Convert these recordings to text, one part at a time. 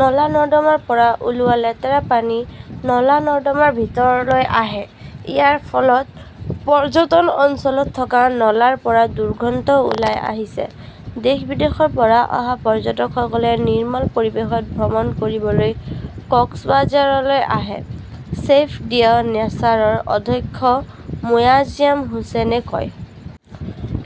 নলা-নৰ্দমাৰ পৰা ওলোৱা লেতেৰা পানী নলা-নৰ্দমাৰ ভিতৰলৈ আহে। ইয়াৰ ফলত পৰ্যটন অঞ্চলত থকা নলাৰ পৰা দুৰ্গন্ধ ওলাই আহিছে। দেশ-বিদেশৰ পৰা অহা পৰ্যটকসকলে নিৰ্মল পৰিৱেশত ভ্ৰমণ কৰিবলৈ কক্সবাজাৰলৈ আহে, চেভ দ্য নেচাৰৰ অধ্যক্ষ মোয়াজ্জেম হোছেইনে কয়।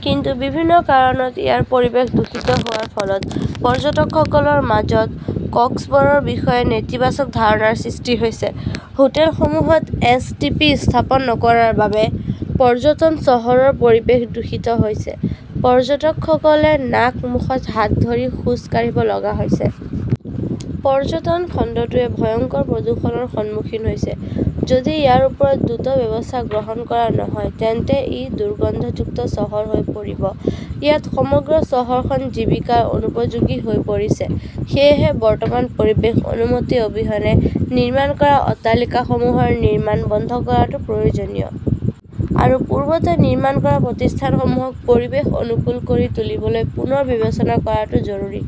কিন্তু বিভিন্ন কাৰণত ইয়াৰ পৰিৱেশ দূষিত হোৱাৰ ফলত পৰ্যটকসকলৰ মাজত কক্সবৰৰ বিষয়ে নেতিবাচক ধাৰণাৰ সৃষ্টি হৈছে। হোটেলসমূহত এছ. টি. পি. স্থাপন নকৰাৰ বাবে পৰ্যটন চহৰৰ পৰিৱেশ দূষিত হৈছে। পৰ্যটকসকলে নাক-মুখত হাত ধৰি খোজ কাঢ়িব লগা হৈছে। পৰ্যটন খণ্ডটোৱে ভয়ংকৰ প্ৰদূষণৰ সন্মুখীন হৈছে। যদি ইয়াৰ ওপৰত দ্ৰুত ব্যৱস্থা গ্ৰহণ কৰা নহয় তেন্তে ই দুৰ্গন্ধযুক্ত চহৰ হৈ পৰিব। ইয়াত সমগ্ৰ চহৰখন জীৱিকাৰ অনুপযোগী হৈ পৰিছে। সেয়েহে, বৰ্তমান পৰিৱেশ অনুমতি অবিহনে নিৰ্মাণ কৰা অট্টালিকাসমূহৰ নিৰ্মাণ বন্ধ কৰাটো প্ৰয়োজনীয়। আৰু পূৰ্বতে নিৰ্মাণ কৰা প্ৰতিষ্ঠানসমূহক পৰিৱেশ অনুকূল কৰি তুলিবলৈ পুনৰ বিবেচনা কৰাটো জৰুৰী।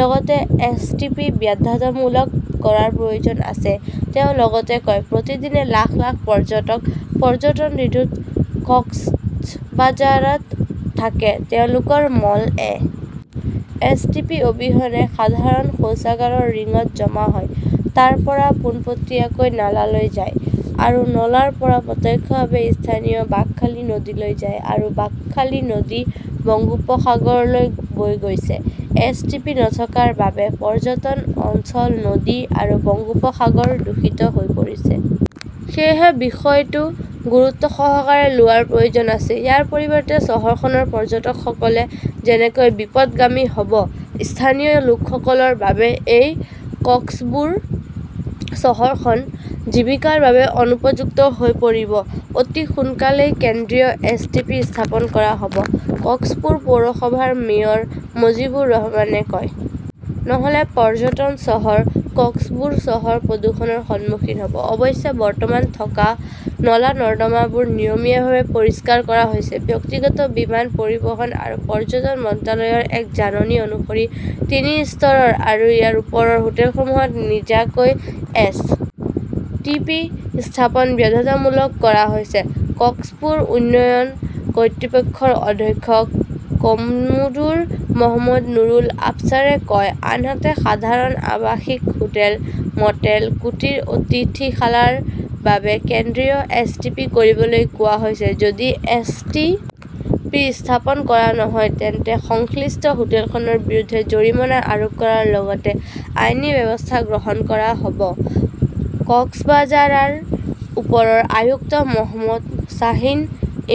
লগতে এছ. টি. পি. বাধ্যতামূলক কৰাৰ প্ৰয়োজন আছে। তেওঁ লগতে কয়, প্ৰতিদিনে লাখ লাখ পৰ্যটক পৰ্যটন ঋতুত কক্সবাঝাৰত থাকে। তেওঁলোকৰ মল এ. এছ. টি. পি. অবিহনে সাধাৰণ শৌচাগাৰৰ ৰিঙত জমা হয়। তাৰ পৰা পোনপটীয়াকৈ নালালৈ যায়। আৰু নলাৰ পৰা প্ৰত্যক্ষভাৱে স্থানীয় বাঁকখালী নদীলৈ যায়। আৰু বাকখলী নদী বংগোপসাগৰলৈ বৈ গৈছে। এছ. টি. পি. নথকাৰ বাবে পৰ্যটন, অঞ্চল, নদী আৰু বংগোপসাগৰ দূষিত হৈ পৰিছে। সেয়েহে বিষয়টো গুৰুত্বসহকাৰে লোৱাৰ প্ৰয়োজন আছে। ইয়াৰ পৰিৱৰ্তে, চহৰখনৰ পৰ্যটকসকল যেনেকৈ বিপথগামী হ'ব, স্থানীয় লোকসকলৰ বাবে এই কক্সবুৰ চহৰখন জীৱিকাৰ বাবে অনুপযুক্ত হৈ পৰিব। অতি সোনকালেই কেন্দ্ৰীয় এছ. টি. পি. স্থাপন কৰা হ'ব, কক্সপুৰ পৌৰসভাৰ মেয়ৰ মুজিবুৰ ৰহমানে কয়। নহ'লে পৰ্যটন চহৰ কক্সবুৰ চহৰ প্ৰদূষণৰ সন্মুখীন হ'ব। অৱশ্যে, বৰ্তমান থকা নলা-নৰ্দমাবোৰ নিয়মীয়াভাৱে পৰিষ্কাৰ কৰা হৈছে। ব্যক্তিগত বিমান পৰিবহণ আৰু পৰ্যটন মন্ত্ৰালয়ৰ এক জাননী অনুসৰি তিনি স্তৰৰ আৰু ইয়াৰ ওপৰৰ হোটেলসমূহত নিজাকৈ এছ. টি. পি. স্থাপন বাধ্যতামূলক কৰা হৈছে, কক্সপুৰ উন্নয়ন কৰ্তৃপক্ষৰ অধ্যক্ষ কমোডোৰ মহম্মদ নুৰুল আবচাৰে কয়। আনহাতে, সাধাৰণ আৱাসিক হোটেল, মটেল, কুটিৰ, অতিথিশালাৰ বাবে কেন্দ্ৰীয় এছ. টি. পি. কৰিবলৈ কোৱা হৈছে। যদি এছ. টি. পি. স্থাপন কৰা নহয়, তেন্তে সংশ্লিষ্ট হোটেলখনৰ বিৰুদ্ধে জৰিমনা আৰোপ কৰাৰ লগতে আইনী ব্যৱস্থা গ্ৰহণ কৰা হ 'ব। কক্সবাজাৰৰ উপ-আয়ুক্ত মহম্মদ শ্বাহিন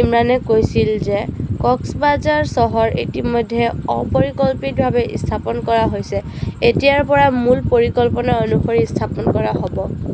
ইমৰানে কৈছিল যে কক্সবাজাৰ চহৰ ইতিমধ্যে অপৰিকল্পিতভাৱে স্থাপন কৰা হৈছে। এতিয়াৰ পৰা মূল পৰিকল্পনা অনুসৰি স্থাপন কৰা হ'ব।